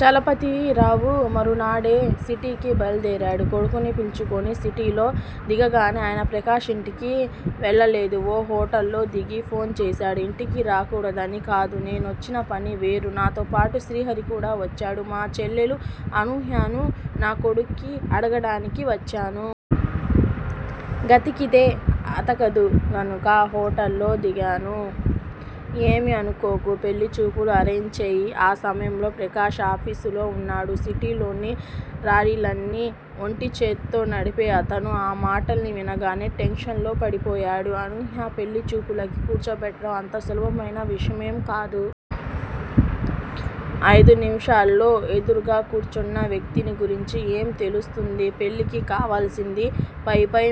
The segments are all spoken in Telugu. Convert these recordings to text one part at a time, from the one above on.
చలపతిరావు మరునాడే సిటీకి బయల్దేరాడు కొడుకుని పిలుచుకుని. సిటీలో దిగగానే ఆయన ప్రకాష్ ఇంటికి వెళ్ళలేదు. ఓ హోటల్ లో దిగి ఫోన్ చేశాడు. ఇంటికి రాకూడదని కాదు. నేనొచ్చిన పని వేరు. నాతో పాటు శ్రీహరి కూడా వచ్చాడు. మా చెల్లెలు అనూహ్యను నా కొడుక్కి అడగడానికి వచ్చాను. గతికితే అతకదు గనుక హోటల్ లో దిగాను. ఏమీ అనుకోకు. పెళ్ళి చూపులు ఆరెంజ్ చెయ్. ఆ సమయంలో ప్రకాష్ ఆఫీసులో వున్నాడు. సిటీ లోని లారీలన్ని ఒంటిచేత్తో నడిపే అతను ఆ మాటల్ని వినగానే టెన్షన్ లో పడిపోయాడు. అనూహ్య పెళ్ళి చూపులకి కూర్చోబెట్టడం అంత సులభమైన విషయమేం కాదు. అయిదు నిముషాల్లో ఎదురుగ్గా కూర్చున్న వ్యక్తిని గురించి ఏం తెలుస్తుంది? పెళ్ళికి కావలసింది పైపై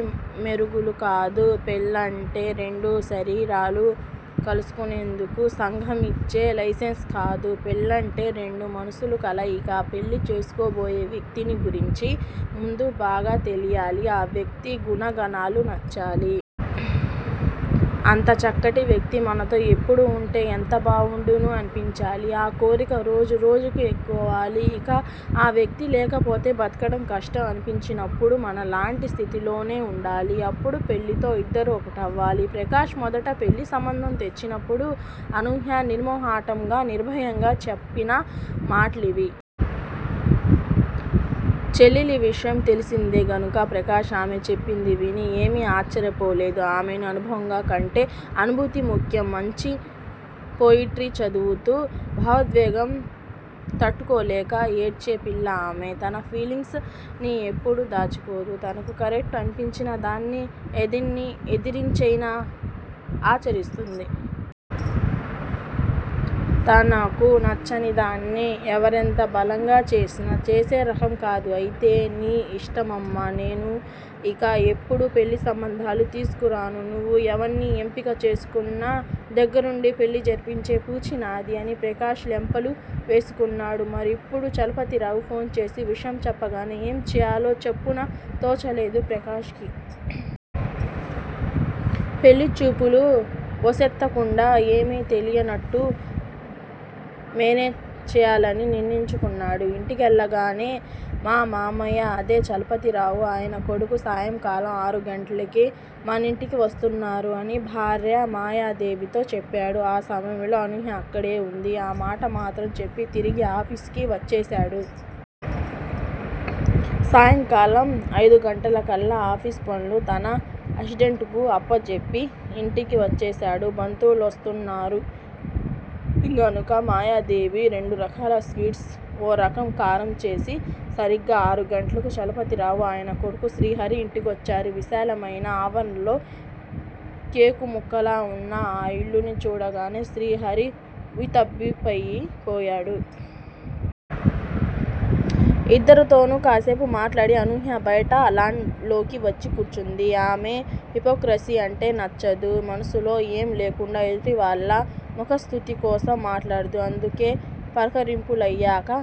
మెరుగులు కాదు. పెళ్ళంటే రెండు శరీరాలు కలుసుకునేందుకు సంఘం ఇచ్చే లైసెన్స్ కాదు. పెళ్ళంటే రెండు మనసుల కలయిక. పెళ్ళి చేసుకోబోయే వ్యక్తిని గురించి ముందు బాగా తెలియాలి. ఆ వ్యక్తి గుణగణాలు నచ్చాలి. అంత చక్కటి వ్యక్తి మనతో ఎప్పుడూ ఉంటే ఎంత బావుండు అనిపించాలి. ఆ కోరిక రోజు రోజుకీ ఎక్కువవ్వాలి. ఇక ఆ వ్యక్తి లేకపోతే బతకడం కష్టం అనిపించినప్పుడు మనలాంటి స్థితిలోనే వుండాలి. అప్పుడు పెళ్ళితో ఇద్దరూ ఒక్కటవ్వాలి. ప్రకాష్ మొదట పెళ్ళి సంబంధం తెచ్చినప్పుడు అనూహ్య నిర్మొహమాటంగా, నిర్భయంగా చెప్పిన మాటలివి. చెల్లెలి విషయం తెలిసిందే గనుక ప్రకాష్ ఆమె చెప్పింది విని ఏమీ ఆశ్చర్యపోలేదు. ఆమెకి అనుభవం కంటే అనుభూతి ముఖ్యం. మంచి పొయిట్రీ చదువుతూ భావోద్వేగం తట్టుకోలేక ఏడ్చే పిల్ల ఆమె. తన ఫీలింగ్స్ ని ఎప్పుడూ దాచుకోదు. తనకు కరెక్ట్ అనిపించిన దాన్ని ఎదర్ని ఎదిరించైనా ఆచరిస్తుంది. తనకు నచ్చని దాన్ని ఎవరెంత బలంగా చేసినా చేసే రకం కాదు. అయితే నీ ఇష్టమమ్మా. నేను ఇక ఎప్పుడూ పెళ్ళిసంబంధాలు తీసుకురాను. నువ్వు ఎవర్ని ఎంపిక చేసుకున్నా దగ్గరుండి పెళ్ళి జరిపించే పూచీ నాది అని ప్రకాష్ లెంపలు వేసుకున్నాడు. మరిప్పుడు చలపతిరావు ఫోన్ చేసి విషయం చెప్పగానే ఏం చేయాలో చప్పున తోచలేదు ప్రకాష్ కి. పెళ్ళిచూపుల వూసెత్తకుండా ఏమీ తెలియనట్టు మేనేజ్ చేయాలని నిర్ణయించుకున్నాడు. ఇంటికెళ్ళగానే మా మావయ్య, అదే చలపతిరావు, ఆయన కొడుకు సాయంకాలం ఆరు గంటలకి మనింటికి వస్తున్నారు అని భార్య మాయాదేవితో చెప్పాడు. ఆ సమయంలో అనూహ్య అక్కడే వుంది. ఆ మాట మాత్రం చెప్పి తిరిగి ఆఫీసుకి వచ్చేశాడు. సాయంకాలం అయిదుగంటలకల్లా ఆఫీసు పనులు తన అసిస్టెంట్కు అప్పజెప్పి ఇంటికి వచ్చేశాడు. బంధువులొస్తున్నారు గనుక మాయాదేవి రెండు రకాల స్వీట్సు, ఓ రకం కారం చేసింది. సరిగ్గా ఆరు గంటలకు చలపతిరావు, ఆయన కొడుకు శ్రీహరి ఇంటికొచ్చారు. విశాలమైన ఆవరణలో కేకు ముక్కలా వున్న ఆ ఇల్లుని చూడగానే శ్రీహరి ఉబ్బితబ్బిబ్బయి పోయాడు. ఇద్దరితోనూ కాసేపు మాట్లాడి అనూహ్య బయట లాన్ లోకి వచ్చి కూర్చుంది. ఆమె హిపోక్రసీ అంటే నచ్చదు. మనసులో ఏం లేకుండా ఎదుటివాళ్ళ ముఖస్తుతి కోసం మాట్లాడదు. అందుకే పలకరింపులయ్యాక